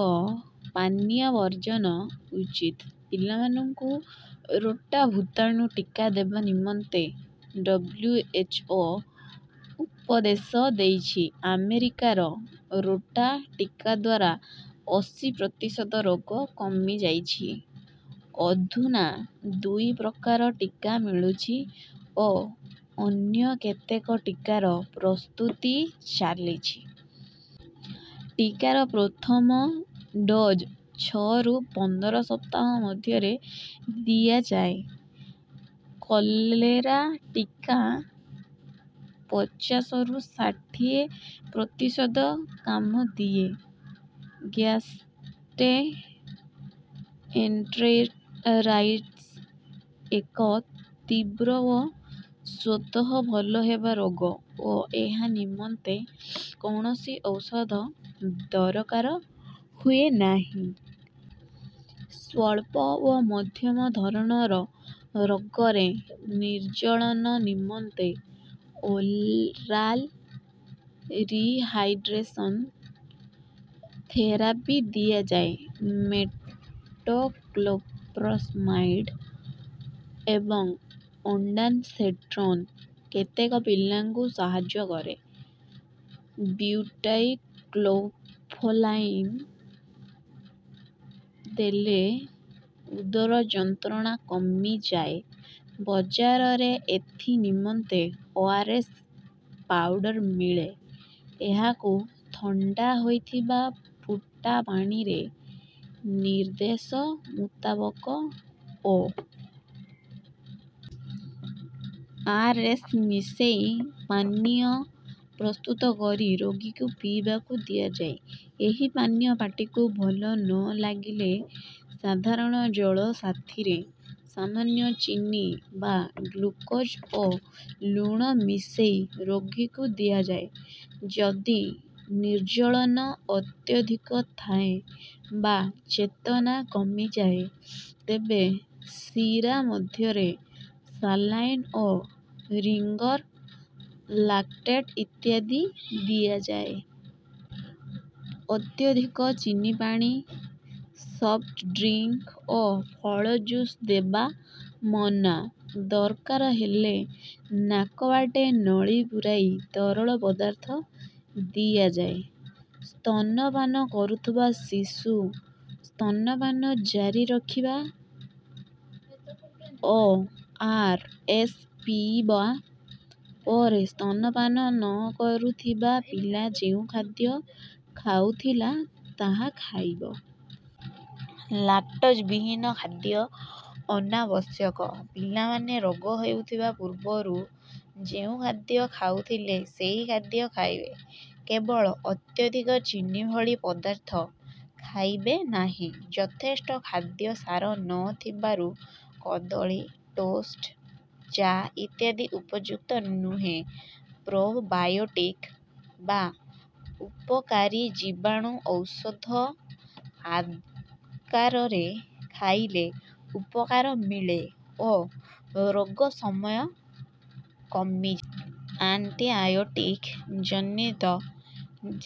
ଓ ପାନୀୟ ବର୍ଜନ ଉଚିତ। ପିଲାମାନଙ୍କୁ ରୋଟା ଭୁତାଣୁ ଟୀକା ଦେବା ନିମନ୍ତେ ଡବ୍ଲ୍ୟୁ. ଏଚ୍. ଓ. ଉପଦେଶ ଦେଇଛି। ଆମେରିକାର ରୋଟା ଟୀକାଦ୍ୱାରା ଅଶି ପ୍ରତିଶତ ରୋଗ କମି ଯାଇଛି। ଅଧୁନା ଦୁଇ ପ୍ରକାର ଟୀକା ମିଳୁଛି ଓ ଅନ୍ୟ କେତେକ ଟୀକାର ପ୍ରସ୍ତୁତି ଚାଲିଛି। ଟୀକାର ପ୍ରଥମ ଡୋଜ ଛଅ ରୁ ପନ୍ଦର ସପ୍ତାହ ମଧ୍ୟରେ ଦିଆଯାଏ। କଲେରା ଟୀକା ପଚାଶ ରୁ ଷାଠିଏ ପ୍ରତିଶତ କାମ ଦିଏ। ଗ୍ଯାସ୍ଟ୍ରୋଏଣ୍ଟେରାଇଟିସ୍ ଏକ ତୀବ୍ର ଓ ସ୍ୱତଃ ଭଲ ହେବା ରୋଗ ଓ ଏହା ନିମନ୍ତେ କୌଣସି ଔଷଧ ଦରକାର ହୁଏ ନାହିଁ। ସ୍ୱଳ୍ପ ଓ ମଧ୍ୟମ ଧରଣର ରୋଗରେ ନିର୍ଜଳନ ନିମନ୍ତେ ଓରାଲ ରିହାଡ୍ରେସନ ଥେରାପି ଦିଆଯାଏ। ମେଟୋକ୍ଲୋପ୍ରମାଇଡ୍ ଏବଂ ଓନ୍ଡାନସ୍ଟେରନ କେତେକ ପିଲାମାନଙ୍କୁ ସାହଯ୍ୟ କରେ। ବ୍ୟୁଟାଇଲ୍ସ୍କୋପୋଲାମିନ୍ ଦେଲେ ଉଦର ଯନ୍ତ୍ରଣା କମିଯାଏ। ବଜାରରେ ଏଥି ନିମନ୍ତେ ଓ. ଆର. ଏସ୍. ପାଉଡର ମିଳେ। ଏହାକୁ ଥଣ୍ଡା ହୋଇଥିବା ଫୁଟା ପାଣିରେ ନିର୍ଦ୍ଦେଶ ମୁତାବକ ଓ. ଆର୍. ଏସ୍. ମିଶେଇ ପାନୀୟ ପ୍ରସ୍ତୁତ କରି ରୋଗୀକୁ ପିଇବାକୁ ଦିଆଯାଏ। ଏହି ପାନୀୟ ପାଟିକୁ ଭଲ ନ ଲାଗିଲେ ସାଧାରଣ ଜଳ ସାଥିରେ ସାମାନ୍ୟ ଚିନି ବା ଗ୍ଲୁକୋଜ ଓ ଲୁଣ ମିଶେଇ ରୋଗୀକୁ ଦିଆଯାଏ। ଯଦି ନିର୍ଜଳନ ଅତ୍ୟଧିକ ଥାଏ ବା ଚେତନା କମି ଯାଉଥାଏ ତେବେ ଶୀରା ମଧ୍ୟରେ ସାଲାଇନ୍ ଓ ରିଙ୍ଗର ଲାକ୍ଟେଟ ଇତ୍ୟାଦି ଦିଆଯାଏ। ଅତ୍ୟଧିକ ଚିନି ପାଣି, ସଫ୍ଟ ଡ୍ରିଙ୍କ ଓ ଫଳ ଜୁସ ଦେବା ମନା। ଦରକାର ହେଲେ ନାକ ବାଟେ ନଳି ପୁରାଇ ତରଳ ପଦାର୍ଥ ଦିଆଯାଏ। ସ୍ତନ ପାନ କରୁଥିବା ଶିଶୁ ସ୍ତନ ପାନ ଜାରି ରଖିବ। ଓ. ଆର୍. ଏସ୍. ପିଇବା ପରେ ସ୍ତନ ପାନ ନ କରୁଥିବା ପିଲା ଯେଉଁ ଖାଦ୍ୟ ଖାଉଥିଲା ତାହା ଖାଇବ। ଲାକ୍ଟୋଜ ବିହୀନ ଖାଦ୍ୟ ଅନାବଶ୍ୟକ। ପିଲାମାନେ ରୋଗ ହେଉଥିବା ପୂର୍ବରୁ ଯେଉଁ ଖାଦ୍ୟ ଖାଉଥିଲେ ସେହି ଖାଦ୍ୟ ଖାଇବେ, କେବଳ ଅତ୍ୟଧିକ ଚିନି ଭଳି ପଦାର୍ଥ ଖାଇବେ ନାହିଁ। ଯଥେଷ୍ଟ ଖାଦ୍ୟ ସାର ନ ଥିବାରୁ କଦଳୀ, ଟୋଷ୍ଟ୍, ଚା ଇତ୍ୟାଦି ଉପଯୁକ୍ତ ନୁହେଁ। ପ୍ରୋବାୟୋଟିକ ବା ଉପକାରୀ ଜୀବାଣୁ ଔଷଧ ଆକାରରେ ଖାଇଲେ ଉପକାର ମିଳେ ଓ ରୋଗ ସମୟ କମିଯାଏ। ଆଣ୍ଟିଆୟୋଟିକ ଜନିତ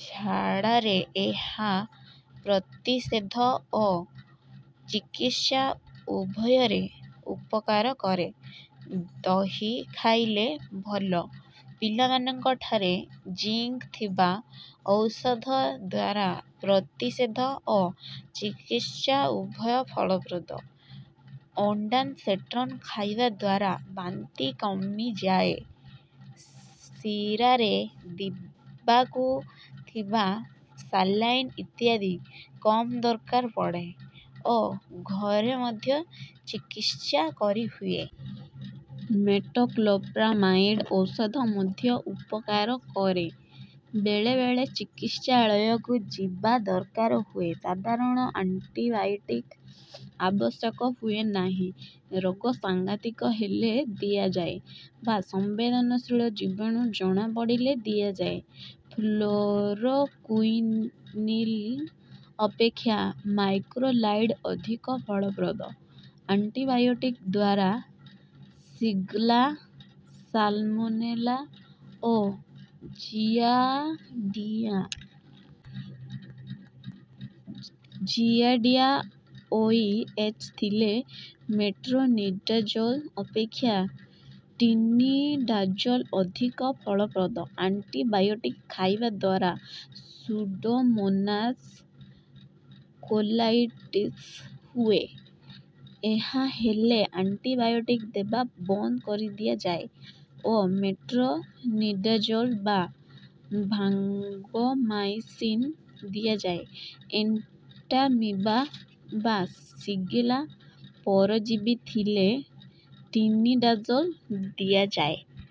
ଝାଡାରେ ଏହା ପ୍ରତିଷେଧ ଓ ଚିକିତ୍ସା ଉଭୟରେ ଉପକାର କରେ। ଦହି ଖାଇଲେ ଭଲ। ପିଲାମାନଙ୍କଠାରେ ଜିଙ୍କ ଥିବା ଔଷଧଦ୍ୱାରା ପ୍ରତିଷେଧ ଓ ଚିକିତ୍ସା ଉଭୟ ଫଳପ୍ରଦ। ଓଣ୍ଡାନ୍ ସେଟ୍ରନ ଖାଇବାଦ୍ୱାରା ବାନ୍ତି କମିଯାଏ, ଶିରାରେ ଦିବାକୁ ଥିବା ସାଲାଇନ୍ ଇତ୍ୟାଦି କମ୍ ଦରକାର ପଡେ ଓ ଘରେ ମଧ୍ୟ ଚିକିତ୍ସା କରିହୁଏ। ମେଟୋକ୍ଲୋପ୍ରାମାଇଡ୍ ଔଷଧ ମଧ୍ୟ ଉପକାର କରେ। ବେଳେ ବେଳେ ଚିକିତ୍ସାଳୟକୁ ଯିବା ଦରକାର ହୁଏ। ସଧାରଣତଃ ଆଣ୍ଟିବାୟୋଟିକ୍ ଆବଶ୍ୟକ ହୁଏ ନାହିଁ, ରୋଗ ସାଂଘାତିକ ହେଲେ ଦିଆଯାଏ ବା ସମ୍ବେଦନଶୀଳ ଜୀବାଣୁ ଜଣା ପଡ଼ିଲେ ଦିଆଯାଏ। ଫ୍ଲୋରୋକୁନିଲିନ୍ ଅପେକ୍ଷା ମାକ୍ରୋଲାଇଡ ଅଧିକ ଫଳପ୍ରଦ। ଆଣ୍ଟିବାୟୋଟିକଦ୍ୱାରା ସିଗଲା, ସାଲମୋନେଲା ଓ ଜିଆଡିଆ। ଜିଆଡିଆ ଓ ଇ. ଏଚ୍ ଥିଲେ ମେଟ୍ରୋନିଡାଜୋଲ୍ ଅପେକ୍ଷା ଟିନିଡାଜୋଲ୍ ଅଧିକ ଫଳପ୍ରଦ। ଆଣ୍ଟିବାୟୋଟିକ୍ ଖାଇବା ଦ୍ୱାର ସୁଡୋମୋନାସ୍ କୋଲାଇଟିସ୍ ହୁଏ। ଏହା ହେଲେ ଆଣ୍ଟିବାୟୋଟିକ୍ ଦେବା ବନ୍ଦ କରିଦିଆ ଯାଏ ଓ ମେଟ୍ରୋନିଡାଜୋଲ୍ ବା ଭାଙ୍କୋମାଇସିନ୍ ଦିଆଯାଏ। ଏଣ୍ଟାମିବା ବା ସିଗେଲା ପରଜୀବି ଥିଲେ ଟିନିଡାଜୋଲ୍ ଦିଆଯାଏ।